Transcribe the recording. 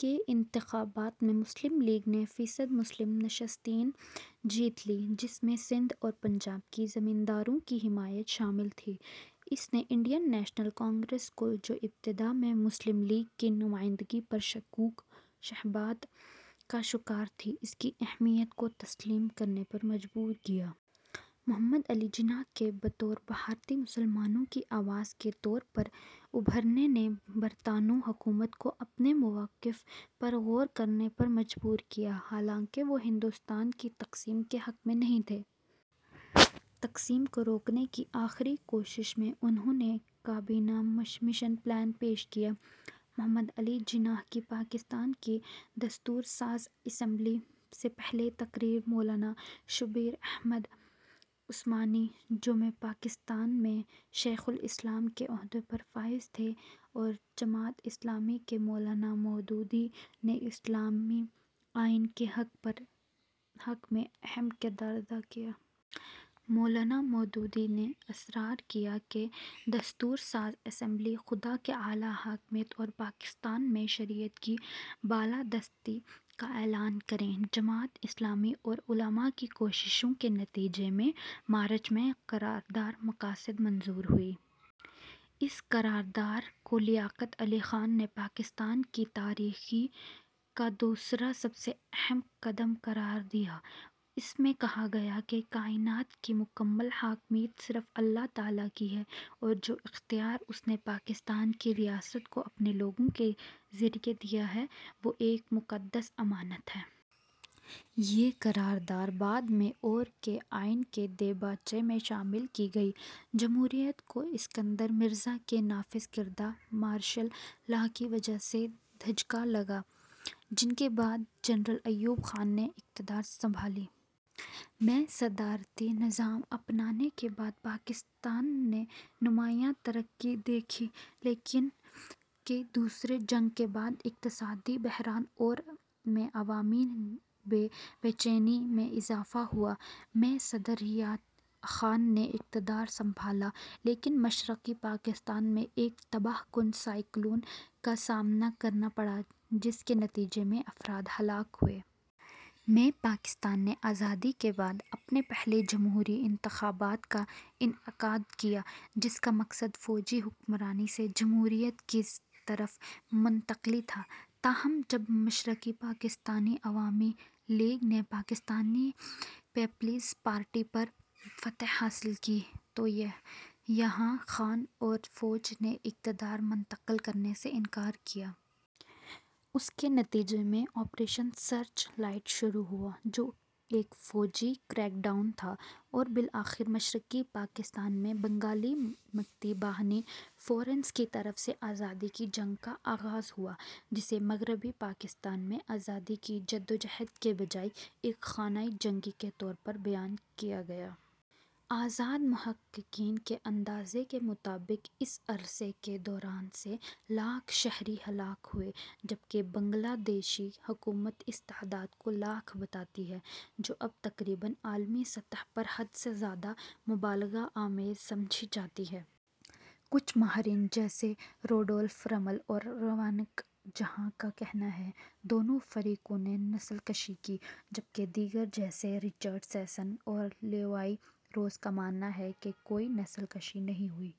کے انتخابات میں مسلم لیگ نے فیصد مسلم نشستیں جیت لیں، جس میں سندھ اور پنجاب کے زمینداروں کی حمایت شامل تھی۔ اس نے انڈین نیشنل کانگریس کو، جو ابتدا میں مسلم لیگ کی نمائندگی پر شکوک و شبہات کا شکار تھی، اس کی اہمیت کو تسلیم کرنے پر مجبور کیا۔ محمد علی جناح کی بطور بھارتی مسلمانوں کی آواز کے طور پر ابھرنے نے برطانوی حکومت کو اپنے موقف پر غور کرنے پر مجبور کیا، حالانکہ وہ ہندوستان کی تقسیم کے حق میں نہیں تھے۔ تقسیم کو روکنے کی آخری کوشش میں، انھوں نے کابینہ مشن پلان پیش کیا۔ —محمد علی جناح کی پاکستان کی دستور ساز اسمبلی سے پہلی تقریر مولانا شبیر احمد عثمانی، جو میں پاکستان میں شیخ الاسلام کے عہدے پر فائز تھے اور جماعت اسلامی کے مولانا مودودی نے اسلامی آئین کے حق میں اہم کردار ادا کیا۔ مولانا مودودی نے اصرار کیا کہ دستور ساز اسمبلی "خدا کی اعلیٰ حاکمیت" اور پاکستان میں شریعت کی بالادستی کا اعلان کرے۔ جماعت اسلامی اور علما کی کوششوں کے نتیجے میں مارچ میں قرارداد مقاصد منظور ہوئی۔ اس قرارداد کو لیاقت علی خان نے پاکستان کی تاریخ کا دوسرا سب سے اہم قدم قرار دیا۔ اس میں کہا گیا کہ "کائنات کی مکمل حاکمیت صرف اللہ تعالیٰ کی ہے اور جو اختیار اس نے پاکستان کی ریاست کو اپنے لوگوں کے ذریعے دیا ہے، وہ ایک مقدس امانت ہے"۔ یہ قرارداد بعد میں ، اور کے آئین کے دیباچے میں شامل کی گئی۔ جمہوریت کو اسکندر مرزا کے نافذ کردہ مارشل لا کی وجہ سے دھچکا لگا، جن کے بعد جنرل ایوب خان نے اقتدار سنبھالا۔ میں صدارتی نظام اپنانے کے بعد، پاکستان نے نمایاں ترقی دیکھی، لیکن کی دوسری جنگ کے بعد اقتصادی بحران اور میں عوامی بے چینی میں اضافہ ہوا۔ میں صدر یحییٰ خان نے اقتدار سنبھالا، لیکن مشرقی پاکستان میں ایک تباہ کن سائیکلون کا سامنا کرنا پڑا جس کے نتیجے میں افراد ہلاک ہوئے۔ میں، پاکستان نے آزادی کے بعد اپنے پہلے جمہوری انتخابات کا انعقاد کیا، جس کا مقصد فوجی حکمرانی سے جمہوریت کی طرف منتقلی تھا۔ تاہم، جب مشرقی پاکستانی عوامی لیگ نے پاکستان پیپلز پارٹی پر فتح حاصل کی، تو یحییٰ خان اور فوج نے اقتدار منتقل کرنے سے انکار کر دیا۔ اس کے نتیجے میں آپریشن سرچ لائٹ شروع ہوا، جو ایک فوجی کریک ڈاؤن تھا اور بالآخر مشرقی پاکستان میں بنگالی مکتی باہنی فورسز کی طرف سے آزادی کی جنگ کا آغاز ہوا، جسے مغربی پاکستان میں آزادی کی جدوجہد کی بجائے ایک خانہ جنگی کے طور پر بیان کیا گیا۔ آزاد محققین کے اندازے کے مطابق اس عرصے کے دوران سے لاکھ شہری ہلاک ہوئے جبکہ بنگلہ دیشی حکومت اس تعداد کو لاکھ بتاتی ہے، جو اب تقریباً عالمی سطح پر حد سے زیادہ مبالغہ آمیز سمجھی جاتی ہے۔ کچھ ماہرین جیسے روڈولف رمل اور روناق جہاں کا کہنا ہے کہ دونوں فریقوں نے نسل کشی کی؛ جبکہ دیگر جیسے رچرڈ سیسن اور لیو ای روز کا ماننا ہے کہ کوئی نسل کشی نہیں ہوئی۔